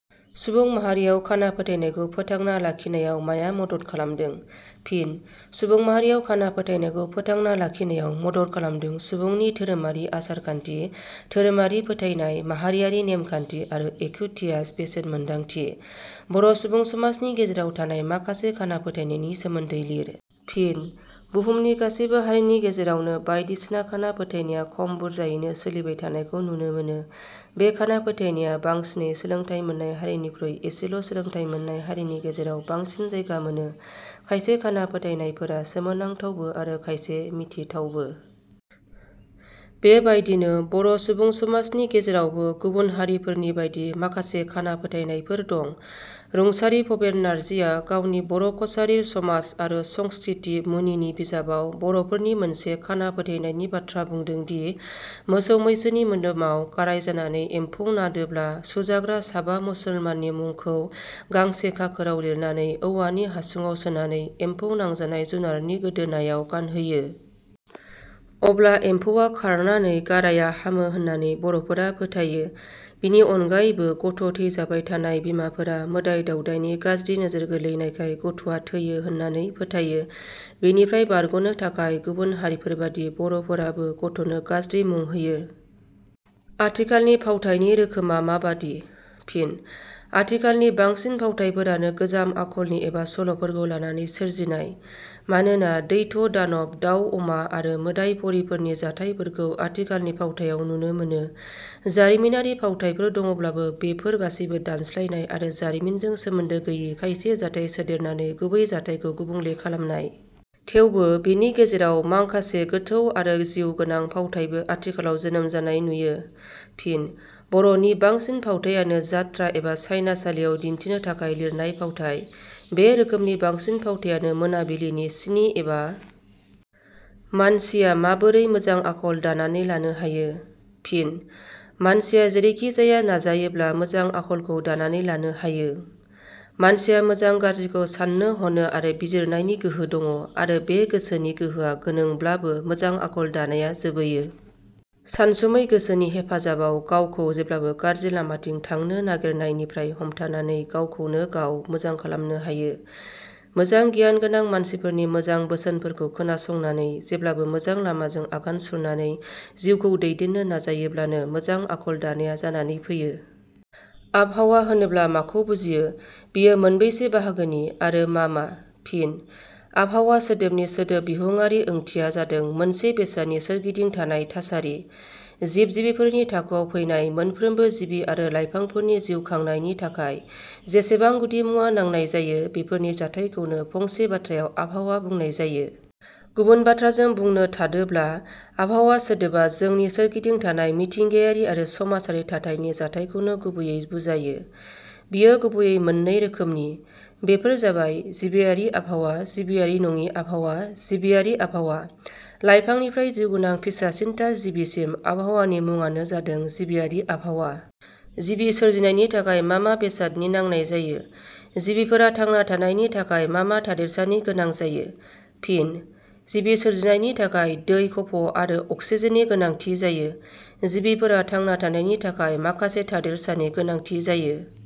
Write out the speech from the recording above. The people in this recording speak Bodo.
सुबुं माहारियाव खाना फोथायनायखौ फोथांना लाखिनायाव माया मदद खालामदों? फिन :- सुबुं माहारियाव खाना फोथायनायखौ फोथांना लाखिनायाव मदद खालामदों सुबुंनि धोरोमारि आसार-खान्थि, धोरोमारि फोथायनाय, माहारियारि नेमखान्थि आरो एखुथिया बेसेन मोन्दांथिया। बर' सुबुं समाजनि गेजेराव थानाय माखासे खाना फोथायनायनि सोमोन्दै लिए। फिन :- बुहुमनि गासैबो हारिनि गेजेरावनो बायदिसिना खाना फोथायनाया खम बुरजायैनो सोलिबाय थानायखौ नुनो मोनो। बे खाना फोथायनाया बांसिनै सोलोंथाइ मोन्नाय हारिनिखुइ एसेल' सोलोंथाइ मोननाय हारिनि गेजेराव बांसिन जायगा मोनो। खायसे खाना फोथायनायफोरा सोमोनांथावबो आरो खायसे मिथिथावबो। बे बायदिनो बर' सुबुं समाजनि गेजेरावबो गुबुन हारिफोरनि बायदि माखासे खाना फोथायनायफोर दं। रुंसारि भबेन नार्जीआ गावनि बर' कसारीर समाज आरु संस्कृति मुनि बिजाबआव बर 'फोरनि मोनसे खाना फोथायनायनि बाथ्रा बुंदों दि मोसौ-मैसोनि मोदोमआव गाराइ जानानै एम्फौ नाडोब्ला सुजाग्रा साबा मुसलमाननि मुंखौ गांसे खाखोरआव लिरनानै औवानि हासुंआव सोनानै एम्फौ नांजानाय जुनारनि गोदोनायाव गानहोयो। अब्ला एम्फौवा खांरनानै गाराइया हामो होन्नानै बर 'फोरा फोथायो। बिनि अनगायैबो गथ' थैजाबाय थानाय बिमाफोरा मोदाइ-दाउदाइनि गाज्रि नोजोर गोग्लैनायखाय गथ'आ थैयो होन्नानै फोथायो। बेनिफ्राय बारग 'नो थाखाय गुबुन हारिफोरबादि बर 'फोराबो गथ 'नो गाज्रि मुं होयो। आथिखालनि फावथाइनि रोखोमा माबादि? फिन: आथिखालनि बांसिन फावथाइफोरानो गोजाम आखलनि एबा सल 'फोरखौ लानानै सोरजिनाय। मानोना दैत्य-दानब, दाउ-अमा आरो मोदाइ परिफोरनि जाथाइफोरखौ आथिखालनि फावथाइयाव नुनो मोनो। जारिमिनारि फावथाइफोर दङब्लाबो बेफोर गासैबो दानस्लायनाय आरो जारिमिनजों सोमोन्दो गैयि खायसे जाथाय सोदेरनानै गुबै जाथाइखौ गुबुंले खालामनाय। थेवबो बेनि गेजेराव मांखासे गोथौ आरो जिउ गोनां फावथाइबो आथिखालआव जोनोम जानाय नुयो। फिन: बर 'नि बांसिन फावथाइयानो जात्रा एबा सायनासालियाव दिन्थिनो थाखाय लिरनाय फावथाइ। बे रोखोमनि बांसिन फावथाइयानो मोनाबिलिनि स्नि एबा। मानसिया माबोरै मोजां आखल दानानै लानो हायो? फिन :- मानसिया जेरैखि जाया नाजायोब्ला मोजां आखलखौ दानानै लानो हायों। मानसिया मोजां गाज्रिखौ साननो ह'नो आरो बिजिरनायनि गोहो दङ आरो बे गोसोनि गोहोआ गोनोंब्लाबो मोजां आखल दानाया जोबैयो। सानसुमै गोसोनि हेफाजाबआव गावखौ जेब्लाबो गाज्रि लामाथिं थांनो नायगिरिनायनिफ्राय हमथानानै गावखौनो गाव मोजां खालामनो हायो। मोजां गियान गोनां मानसिफोरनि मोजां बोसोनफोरखौ खोनासंनानै जेब्लाबो मोजां लामाजों आगान सुरनानै जिउखौ दैदेननो नाजायोब्लानो मोजां आखल 'दानाया जानानै फैयो। आबहावा होनोब्ला माखौ बुजियो? बेयो मोनबेसे बाहागोनि आरो मा मा? फिन: आबहावा सोदोबनि सोदोब बिहुंआरि ओंथिया जादों मोनसे बेसादनि सोरगिदिं थानाय थासारि। जिब-जिबिफोरनि थाखोआव फैनाय मोनफ्रोमबो जिबि आरो लाइफांफोरनि जिउ खांनायनि थाखाय जेसेबां गुदि मुवा नांनाय जायो बेफोरनि जाथायखौनो फंसे बाथ्रायाव आबहावा बुंनाय जायो। गुबुन बाथ्राजों बुंनो थाडोब्ला आबहावा सोदोबा जोंनि सोरगिदिं थानाय मिथिंगायारि आरो समाजारि थाथायनि जाथायखौनो गुबैयै बुजायो। बेयो गुबैयै मोननै रोखोमनि। बेफोर जाबाय- जिबारि आबहावा जिबारि नङि आबहावा जिबारि आबहावा: लाइफांनिफ्राय जिउगोनां फिसासिनथार जिबिसिम आबहावानि मुंआनो जादों जिबारि आबहावा। जिबि सोरजिनायनि थाखाय मा मा बेसादनि नांनाय जायो। जिबिफोरा थांना थानायनि थाखाय मा मा थादेरसानि गोनां जायो? फिन: जिबि सोरजिनायनि थाखाय दै खफ' आरो अक्सिजेननि गोनांथि जायो। जिबिफोरा थाना थानायनि थाखाय माखासे थादेरसानि गोनांथि जायो।